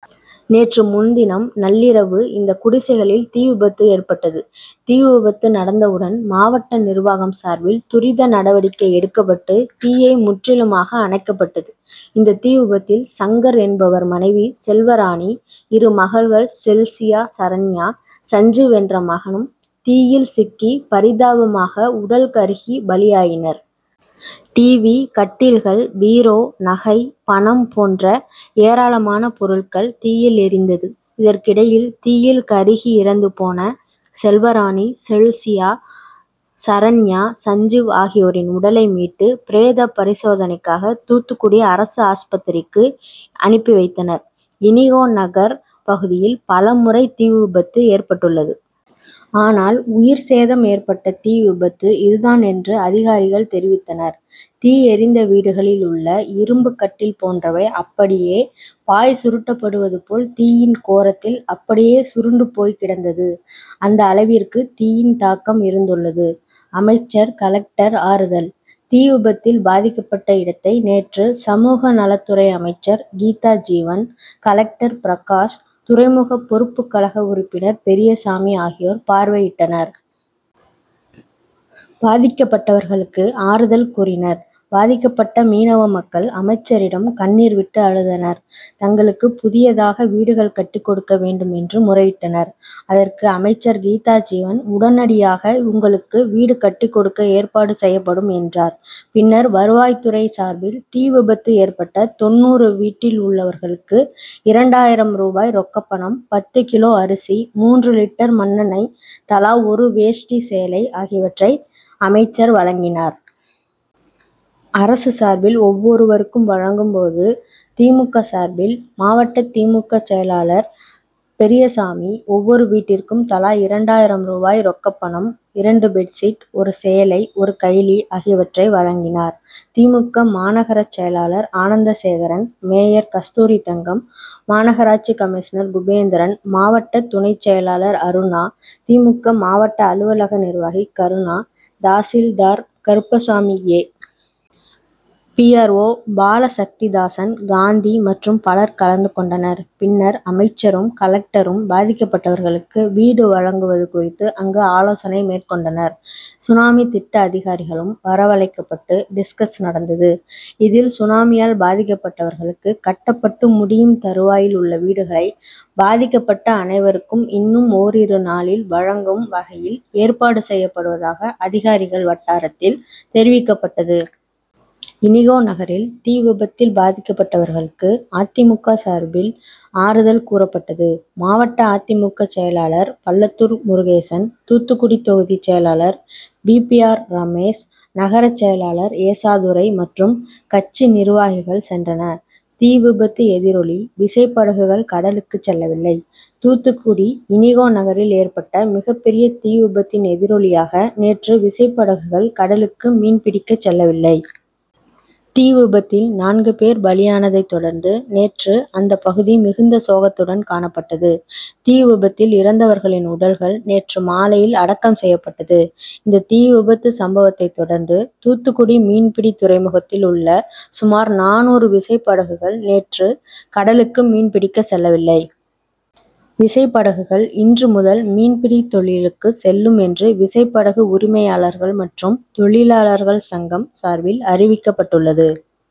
நேற்று முன்தினம் நள்ளிரவு இந்த குடிசைகளில் தீவிபத்து ஏற்பட்டது. தீவிபத்து நடந்தவுடன் மாவட்ட நிர்வாகம் சார்பில் துரித நடவடிக்கை எடுக்கப்பட்டு தீயை முற்றிலுமாக அணைக்கப்பட்டது. இந்த தீ விபத்தில் சங்கர் என்பவர் மனைவி செல்வராணி, இரு மகள்கள் செல்ஷியா, சரண்யா சஞ்ஜீவ் என்ற மகனும் தீயில் சிக்கி பரிதாபமாக உடல் கருகி பலியாயினர். டிவி, கட்டில்கள், பீரோ, நகை, பணம் போன்ற ஏராளமான பொருட்கள் தீயில் எரிந்தது. இதற்கிடையே தீயில் கருகி இறந்துபோன செல்வராணி, செல்ஷியா, சரண்யா, சஞ்ஜீவ் ஆகியோரின் உடலை மீட்டு பிரேத பரிசோதனைக்காக தூத்துக்குடி அரசு ஆஸ்பத்திரிக்கு அனுப்பி வைத்தனர். இனிகோநகர் பகுதியில் பல முறை தீவிபத்து ஏற்பட்டுள்ளது. ஆனால் உயிர்சேதம் ஏற்பட்ட தீவிபத்து இது தான் என்று அதிகாரிகள் தெரிவித்தனர். தீ எரிந்த வீடுகளில் உள்ள இரும்பு கட்டில் போன்றவை அப்படியே பாய் சுருட்டப்படுவது போல் தீயின் கோரத்தில் அப்படியே சுருண்டு போய்கிடந்தது. அந்த அளவிற்கு தீயின் தாக்கம் இருந்துள்ளது. அமைச்சர், கலெக்டர் ஆறுதல்தீவிபத்தில் பாதிக்கப்பட்ட இடத்தை நேற்று சமூகநலத்துறை அமைச்சர் கீதாஜீவன், கலெக்டர் பிரகாஷ், துறைமுக பொறுப்புக்கழக உறுப்பினர் பெரியசாமி ஆகியோர் பார்வையிட்டனர். பாதிக்கப்பட்டவர்களுக்கு ஆறுதல் கூறினர். பாதிக்கப்பட்ட மீனவ மக்கள் அமைச்சரிடம் கண்ணீர் விட்டு அழுதனர். தங்களுக்கு புதியதாக வீடுகள் கட்டி கொடுக்க வேண்டும் என்று முறையிட்டனர். அதற்கு அமைச்சர் கீதாஜீவன் உடனடியாக உங்களுக்கு வீடு கட்டி கொடுக்க ஏற்பாடு செய்யப்படும் என்றார். பின்னர் வருவாய்துறை சார்பில் தீ விபத்து ஏற்பட்ட தொண்ணூறு வீட்டில் உள்ளவர்களுக்கு இரண்டாயிரம் ரூபாய் ரொக்கப்பணம், பத்து கிலோ அரிசி, மூன்று லிட்டர் மண்ணெண்ணெய், தலா ஒரு வேஷ்டி, சேலை ஆகியவற்றை அமைச்சர் வழங்கினார். அரசு சார்பில் ஒவ்வொருவருக்கும் வழங்கும் போது திமுக சார்பில் மாவட்ட திமுக செயலாளர் பெரியசாமி ஒவ்வொரு வீட்டிற்கும் தலா இரண்டாயிரம் ரூபாய் ரொக்கப்பணம், இரண்டு பெட்சீட், ஒரு சேலை, ஒரு கைலி ஆகியவற்றை வழங்கினார். திமுக மாநகர செயலாளர் ஆனந்தசேகரன், மேயர் கஸ்தூரிதங்கம், மாநகராட்சி கமிஷினர் குபே ந்திரன், மாவட்ட துணைச் செயலாளர் அருணா, திமுக மாவட்ட அலுவலக நிர்வாகி கருணா, தாசில்தார் Karuppasamy, A. P. R. O Balasakthidasan, Gandhi மற்றும் பலர் கலந்து கொண்டனர். பின்னர் அமைச்சரும், கலெக்டரும் பாதிக்கப்பட்டவர்களுக்கு வீடு வழங்குவது குறித்து அங்கு வைத்து ஆலோசனை மேற்கொண்டனர். சுனாமி திட்ட அதிகாரிகளும் வரவழைக்கப்பட்டு டிஸ்கஸ் நடந்தது. இதில் சுனாமியால் பாதிக்கப்பட்டவர்களுக்கு கட்டப்பட்டு முடியும் தருவாயில் உள்ள வீடுகளை பாதிக்கப்பட்ட அனைவருக்கும் இன்னும் ஒரிரு நாளில் வழங்கும் வகையில் ஏற்பாடு செய்யப்படுவதாக அதிகாரிகள் வட்டாரத்தில் தெரிவிக்கப்பட்டது. இனிகோநகரில் தீவிபத்தில் பாதிக்கப்பட்டவர்களுக்கு அதிமுக சார்பில் ஆறுதல் கூறப்பட்டது. மாவட்ட அதிமுக செயலாளர் பள்ளத்தூர் முருகேசன், தூத்துக்குடி தொகுதி செயலாளர் வி. பி. ஆர். ரமேஷ், நகர செயலாளர் ஏசாதுரை மற்றும் கட்சி நிர்வாகிகள் சென்றனர். தீ விபத்து எதிரொலி விசைபடகுகள் கடலுக்கு செல்லவில்லைதூத்துக்குடி இனிகோ நகரில் ஏற்பட்ட மிகப்பெரிய தீ விபத்தின் எதிரொலியாக நேற்று விசைப்படகுகள் கடலுக்கு மீன் பிடிக்க செல்லவில்லை. தீவிபத்தில் நான்கு பேர் பலியானதை தொடர்ந்து நேற்று அந்த பகுதி மிகுந்த சோகத்துடன் காணப்பட்டது. தீ விபத்தில் இறந்தவர்களின் உடல்கள் நேற்று மாலையில் அடக்கம் செய்யப்பட்டது. இந்த தீ விபத்து சம்பவத்தை தொடர்ந்து தூத்துக்குடி மீன்பிடித் துறைமுகத்தில் உள்ள சுமார் நானூறு விசை படகுகள் நேற்று கடலுக்கு மீன்பிடிக்க செல்லவில்லை. விசைபடகுகள் இன்று முதல் மீன்பிடித் தொழிலுக்கு செல்லும் என்று விசைபடகு உரிமையாளர்கள் மற்றும் தொழிலாளர்கள் சங்கம் சார்பில் அறிவிக்கப்பட்டுள்ளது.